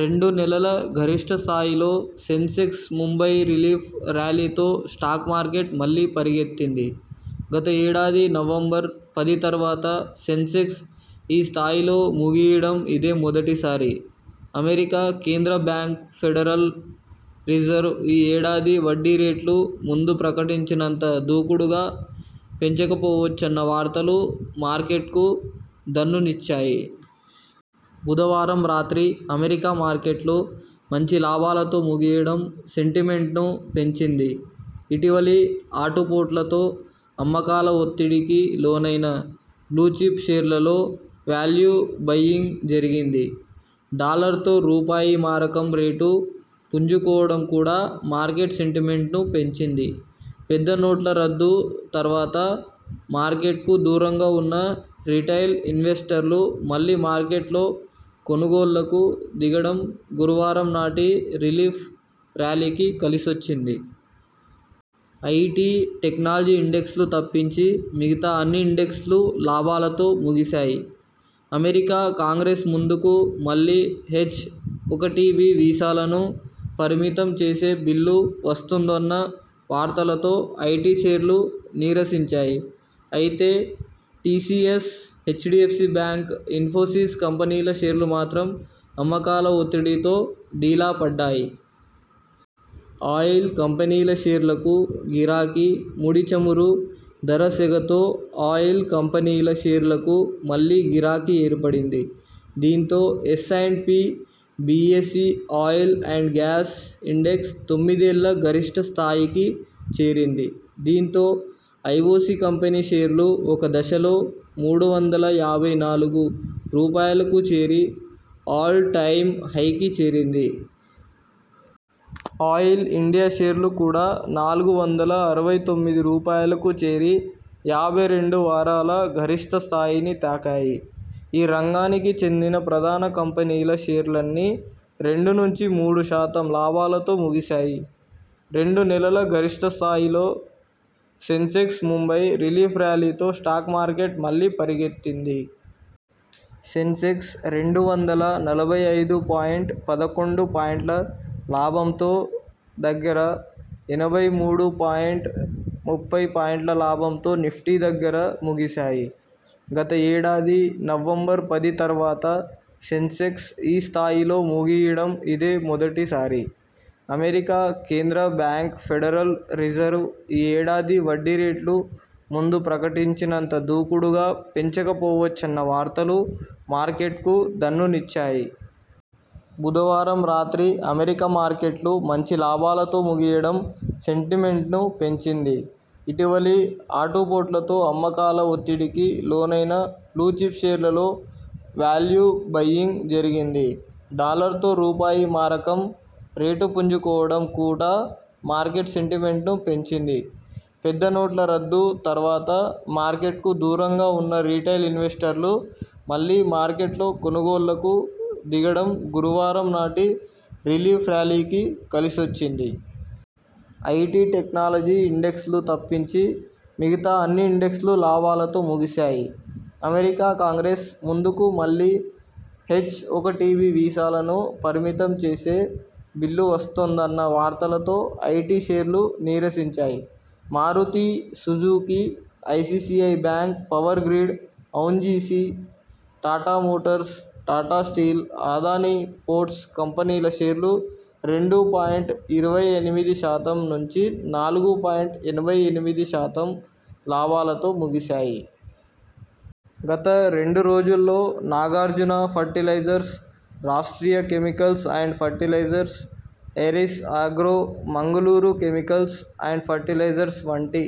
రెండు నెలల గరిష్ఠ స్థాయిలో సెన్సెక్స్ ముంబై రిలీఫ్ ర్యాలీతో స్టాక్ మార్కెట్ మళ్లీ పరిగెత్తింది. గత ఏడాది నవంబర్ పది తర్వాత సెన్సెక్స్ ఈ స్థాయిలో ముగియడం ఇదే మొదటిసారి. అమెరికా కేంద్ర బ్యాంక్ 'ఫెడరల్ రిజర్వ్' ఈ ఏడాది వడ్డీ రేట్లు ముందు ప్రకటించినంత దూకుడుగా పెంచకపోవచ్చన్న వార్తలు మార్కెట్కు దన్నునిచ్చాయి. బుధవారం రాత్రి అమెరికా మార్కెట్లు మంచి లాభాలతో ముగియడం సెంటిమెంట్ను పెంచింది. ఇటీవలి ఆటుపోట్లతో అమ్మకాల ఒత్తిడికి లోనైన బ్లూచిప్ షేర్లలో వాల్యూ బైయింగ్ జరిగింది. డాలర్తో రూపాయి మారకం రేటు పుంజుకోవడం కూడా మార్కెట్ సెంటిమెంట్ను పెంచింది. పెద్ద నోట్ల రద్దు తర్వాత మార్కెట్కు దూరంగా ఉన్న రిటైల్ ఇన్వెస్టర్లు మళ్లీ మార్కెట్లో కొనుగోళ్లకు దిగడం గురువారం నాటి రిలీఫ్ ర్యాలీకి కలిసొచ్చింది. ఐటి, టెక్నాలజీ ఇండెక్స్లు తప్పించి మిగతా అన్ని ఇండెక్స్లు లాభాలతో ముగిశాయి. అమెరికా కాంగ్రెస్ ముందుకు మళ్లీ హెచ్-ఒకటిబి వీసాలను పరిమితం చేసే బిల్లు వస్తోందన్న వార్తలతో ఐటి షేర్లు నీరసించాయి. అయితే టిసిఎస్, హెచ్డిఎఫ్సి బ్యాంక్, ఇన్ఫోసిస్ కంపెనీల షేర్లు మాత్రం అమ్మకాల ఒత్తిడితో డీలా పడ్డాయి. ఆయిల్ కంపెనీల షేర్లకు గిరాకీ ముడి చమురు ధర సెగతో ఆయిల్ కంపెనీల షేర్లకు మళ్లీ గిరాకీ ఏర్పడింది. దీంతో S and P BSE oil and gas index తొమ్మిదేళ్ల గరిష్ఠ స్థాయికి చేరింది. దీంతో ఐఒసి కంపెనీ షేర్లు ఒక దశలో మూడు వందల యాభై నాలుగు రూపాయలుకు చేరి ఆల్ టైమ్ హైకి చేరింది. ఆయిల్ ఇండియా షేర్లు కూడా నాలుగు వందల అరవై తొమ్మిది రూపాయలుకు చేరి యాభై రెండు వారాల గరిష్ఠ స్థాయిని తాకాయి. ఈ రంగానికి చెందిన ప్రధాన కంపెనీల షేర్లన్నీ రెండు నుంచి మూడు శాతం లాభాలతో ముగిశాయి. రెండు నెలల గరిష్ఠ స్థాయిలో సెన్సెక్స్ ముంబై రిలీఫ్ ర్యాలీతో స్టాక్ మార్కెట్ మళ్లీ పరిగెత్తింది. సెన్సెక్స్ రెండు వందల నలభై ఐదు పాయింట్ పదకొండు పాయింట్ల లాభంతో దగ్గర, ఎనభై మూడు పాయింట్ ముప్పై పాయింట్ల లాభంతో నిఫ్టీ దగ్గర ముగిశాయి. గత ఏడా ది నవంబర్ పది తర్వాత సెన్సెక్స్ ఈ స్థాయిలో ముగియడం ఇదే మొదటిసారి. అమెరికా కేంద్ర బ్యాంక్ 'ఫెడరల్ రిజర్వ్' ఈ ఏడాది వడ్డీ రేట్లు ముందు ప్రకటించినంత దూకుడుగా పెంచకపోవచ్చన్న వార్తలు మార్కెట్కు దన్నునిచ్చాయి. బుధవారం రాత్రి అమెరికా మార్కెట్లు మంచి లాభాలతో ముగియడం సెంటిమెంట్ను పెంచింది. ఇటీవలి ఆటుపోట్లతో అమ్మకాల ఒత్తిడికి లోనైన బ్లూచిప్ షేర్లలో వాల్యూ బైయింగ్ జరిగింది. డాలర్తో రూపాయి మారకం రేటు పుంజుకోవడం కూడా మార్కెట్ సెంటిమెంట్ను పెంచింది. పెద్ద నోట్ల రద్దు తర్వాత మార్కెట్కు దూరంగా ఉన్న రిటైల్ ఇన్వెస్టర్లు మళ్లీ మార్కెట్లో కొనుగోళ్లకు దిగడం గురువారం నాటి రిలీఫ్ ర్యాలీకి కలిసొచ్చింది. ఐటి, టెక్నాలజీ ఇండెక్స్లు తప్పించి మిగతా అన్ని ఇండెక్స్లు లాభాలతో ముగిశాయి. అమెరికా కాంగ్రెస్ ముందుకు మళ్లీ హెచ్-ఒకటిబి వీసాలను పరిమితం చేసే బిల్లు వస్తోందన్న వార్తలతో ఐటి షేర్లు నీరసించాయి. Maruti Suzuki, ICICI Bank, Power Grid, ONGC, Tata Motors, Tata Steel, Adani Ports కంపెనీల షేర్లు రెండు పాయింట్ ఇరవై ఎనిమిది శాతం నుంచి నాలుగు పాయింట్ ఎనభై ఎనిమిది శాతం లాభాలతో ముగిశాయి. గత రెండు రోజుల్లో Nagarjuna Fertilisers, Rashtriya Chemicals and Fertilisers, Aries Agro, Mangaluru Chemicals and Fertilisers వంటి